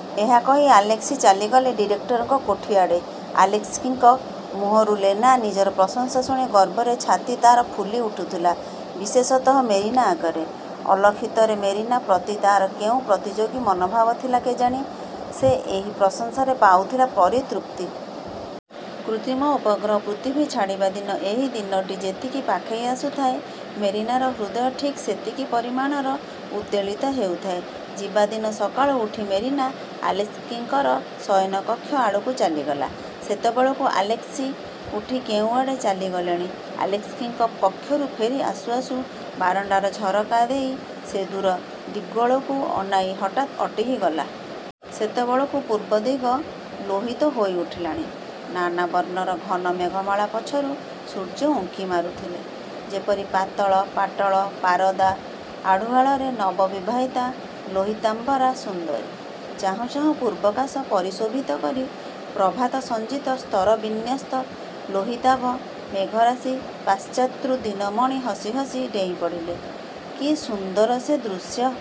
'' ଏହା କହି ଆଲେସ୍କି ଚାଲିଗଲେ ଡିରେକ୍ଟରଙ୍କ କୋଠି ଆଡ଼େ। ଆଲେସ୍କିଙ୍କ ମୁଖରୁ ଲେନା ନିଜର ପ୍ରଶଂସା ଶୁଣି ଗର୍ବରେ ଛାତି ତା'ର ଫୁଲି ଉଠୁଥିଲା, ବିଶେଷତଃ ମେରିନା ଆଗରେ। ଅଲକ୍ଷିତରେ ମେରିନା ପ୍ରତି ତା'ର କେଉଁ ପ୍ରତିଯୋଗୀ ମନୋଭାବ ଥିଲା କେଜାଣି, ସେ ଏହି ପ୍ରଶଂସାରେ ପାଉଥିଲା ପରିତୃପ୍ତି। କୃତ୍ରିମ ଉପଗ୍ରହ ପୃଥିବୀ ଛାଡ଼ିବା ଦିନ ଏହି ଦିନଟି ଯେତିକି ପାଖେଇ ଆସୁଥାଏ, ମେରିନାର ହୃଦୟ ଠିକ୍ ସେତିକି ପରିମାଣରେ ଉଦ୍ବେଳିତ ହେଉଥାଏ। ଯିବା ଦିନ ସକାଳୁ ଉଠି ମେରିନା ଆଲେସ୍କିଙ୍କର ଶୟନକକ୍ଷ ଆଡ଼କୁ ଚାଲିଗଲା। ସେତେବେଳକୁ ଆଲେସ୍କି ଉଠି କେଉଁଆଡ଼େ ଚାଲିଗଲେଣି। ଆଲେସ୍କିଙ୍କ କକ୍ଷରୁ ଫେରି ଆସୁ ଆସୁ ବାରଣ୍ଡାର ଝରକା ଦେଇ ସେ ଦୂର ଦିଗ୍ବଳୟକୁ ଅନାଇ ହଠାତ୍ ଅଟକିଗଲା। ସେତେବେଳକୁ ପୂର୍ବଦିଗ ଲୋହିତ ହୋଇଉଠିଲାଣି। ନାନା ବର୍ଣ୍ଣର ଘନ ମେଘମାଳା ପଛରୁ ସୂର୍ଯ୍ୟ ଉଙ୍କି ମାରୁଥିଲେ; ଯେପରି ପାତଳ-ପାଟଳ-ପାରଦା ଆଢୁଆଳରେ ନବବିବାହିତା ଲୋହିତାମ୍ବରା ସୁନ୍ଦରୀ। ଚାହୁଁ ଚାହୁଁ ପୂର୍ବାକାଶ ପରିଶୋଭିତ କରି ପ୍ରଭାତସଞ୍ଚିତ ସ୍ତରବିନ୍ୟସ୍ତ ଲୋହିତାଭ ମେଘରାଶି ପଶ୍ଚାତ୍ରୁ ଦିନମଣି ହସି ହସି ଡେଇଁପଡ଼ିଲେ। କି ସୁନ୍ଦର ସେ ଦୃଶ୍ୟ!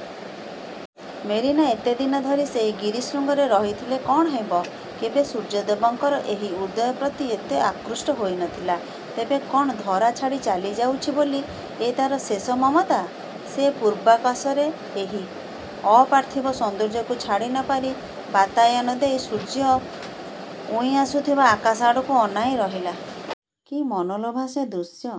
ମେରିନା ଏତେଦିନ ଧରି ସେହି ଗିରିଶୃଙ୍ଗରେ ରହିଥିଲେ କ'ଣ ହେବ, କେବେ ସୂର୍ଯ୍ୟଦେବଙ୍କର ଏହି ଉଦୟ ପ୍ରତି ଏତେ ଆକୃଷ୍ଟ ହୋଇ ନଥିଲା। ତେବେ କ'ଣ ଧରା ଛାଡ଼ି ଚାଲିଯାଉଛି ବୋଲି ଏ ତା'ର ଶେଷ ମମତା? ସେ ପୂର୍ବାକାଶରେ ଏହି। ଅପାର୍ଥିବ ସୌନ୍ଦର୍ଯ୍ୟକୁ ଛାଡ଼ି ନପାରି ବାତାୟନ ଦେଇ ସୂର୍ଯ୍ୟ ଉଇଁଆସୁଥିବା ଆକାଶ ଆଡ଼କୁ ଅନାଇ ରହିଲା। କି ମନୋଲୋଭା ସେ ଦୃଶ୍ୟ!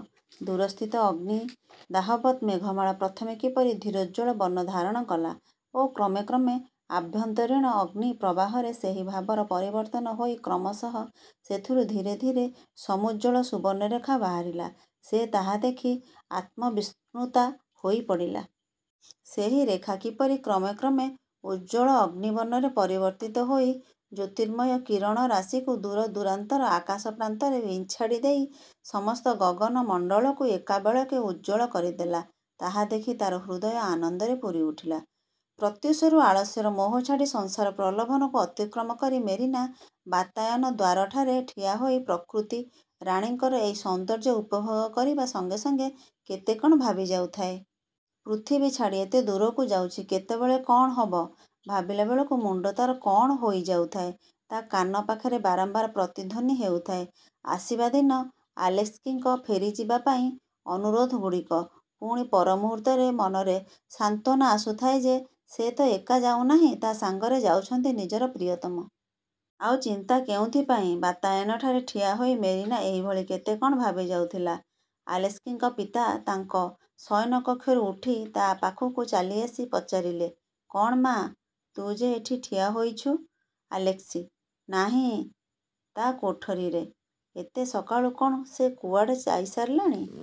ଦୂରସ୍ଥିତ ଅଗ୍ନିଦାହବତ୍ ମେଘମାଳା ପ୍ରଥମେ କିପରି ଧୀରୋଜ୍ଜ୍ୱଳ ବର୍ଣ୍ଣ ଧାରଣ କଲା ଓ କ୍ରମେ କ୍ରମେ ଆଭ୍ୟନ୍ତରୀଣ ଅଗ୍ନିପ୍ରବାହରେ ସେହି ଭାବର ପରିବର୍ତ୍ତନ ହୋଇ କ୍ରମଶଃ ସେଥିରୁ ଧୀରେ ଧୀରେ ସମୁଜ୍ଜ୍ୱଳ ସୁବର୍ଣ୍ଣ ରେଖା ବାହାରିଲା, ସେ ତାହା ଦେଖି ଆତ୍ମବିସ୍ମୃତା ହୋଇପଡ଼ିଲା। ସେହି ରେଖା କିପରି କ୍ରମେ କ୍ରମେ ଉଜ୍ଜ୍ୱଳ ଅଗ୍ନିବର୍ଣ୍ଣରେ ପରିବର୍ତ୍ତିତ ହୋଇ ଜ୍ୟୋତିର୍ମୟ କିରଣରାଶିକୁ ଦୂରଦୂରାନ୍ତର ଆକାଶପ୍ରାନ୍ତରେ ବିଞ୍ଛାଡ଼ି ଦେଇ ସମସ୍ତ ଗଗନମଣ୍ଡଳକୁ ଏକାବେଳକେ ଉଜ୍ଜ୍ୱଳ କରିଦେଲା, ତାହା ଦେଖି ତା'ର ହୃଦୟ ଆନନ୍ଦରେ ପୂରିଉଠିଲା। ପ୍ରତ୍ୟୁଷରୁ ଆଳସ୍ୟର ମୋହ ଛାଡ଼ି ସଂସାର ପ୍ରଲୋଭନକୁ ଅତିକ୍ରମ କରି ମେରିନା ବାତାୟନ ଦ୍ୱାରଠାରେ ଠିଆହୋଇ ପ୍ରକୃତି–ରାଣୀଙ୍କର ଏଇ ସୌନ୍ଦର୍ଯ୍ୟ ଉପଭୋଗ କରିବା ସଙ୍ଗେ ସଙ୍ଗେ କେତେ କ'ଣ ଭାବିଯାଉଥାଏ। ପୃଥିବୀ ଛାଡ଼ି ଏତେ ଦୂରକୁ ଯାଉଛି, କେତେବେଳେ କ'ଣ ହେବ, ଭାବିଲାବେଳକୁ ମୁଣ୍ଡ ତାର କଣ ହୋଇଯାଉଥାଏ। ତା' କାନ ପାଖରେ ବାରମ୍ବାର ପ୍ରତିଧ୍ୱନି ହେଉଥାଏ, ଆସିବା ଦିନ ଆଲେସ୍କିଙ୍କ ଫେରିଯିବା ପାଇଁ ଅନୁରୋଧଗୁଡ଼ିକ। ପୁଣି ପର ମୁହୂର୍ତ୍ତରେ ମନରେ ସାନ୍ତ୍ୱନା ଆସୁଥାଏ ଯେ ସେ ତ ଏକା ଯାଉନାହିଁ, ତା ସାଙ୍ଗରେ ଯାଉଛନ୍ତି ନିଜର ପ୍ରିୟତମ। ଆଉ ଚିନ୍ତା କେଉଁଥିପାଇଁ? ବାତାୟନଠାରେ ଠିଆହୋଇ ମେରିନା ଏଇଭଳି କେତେ କ'ଣ ଭାବିଯାଉଥିଲା। ଆଲେସ୍କିଙ୍କ ପିତା ତାଙ୍କ ଶୟନ କକ୍ଷରୁ ଉଠି ତା ପାଖକୁ ଚାଲିଆସି ପଚାରିଲେ, ''କ'ଣ ମା, ତୁ ଯେ ଏଠି ଠିଆ ହୋଇଛୁ? ଆଲେସ୍କି ନାହିଁ ତା କୋଠରିରେ? ଏତେ ସକାଳୁ କ'ଣ ସେ କୁଆଡ଼େ ଯାଇସାରିଲାଣି-? ''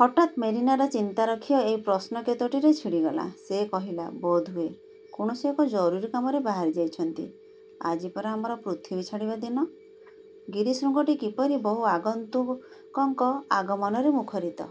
ହଠାତ୍ ମେରିନାର ଚିନ୍ତାର ଖିଅ ଏହି ପ୍ରଶ୍ନ କେତୋଟିରେ ଛିଡ଼ିଗଲା। ସେ କହିଲା, ''ବୋଧହୁଏ, କୌଣସି ଏକ ଜରୁରୀ କାମରେ ବାହାରି ଯାଇଛନ୍ତି। ଆଜି ପରା ଆମର ପୃଥିବୀ ଛାଡ଼ିବା ଦିନ। ଗିରିଶୃଙ୍ଗଟି କିପରି ବହୁ ଆଗନ୍ତୁକଙ୍କ ଆଗମନରେ ମୁଖରିତ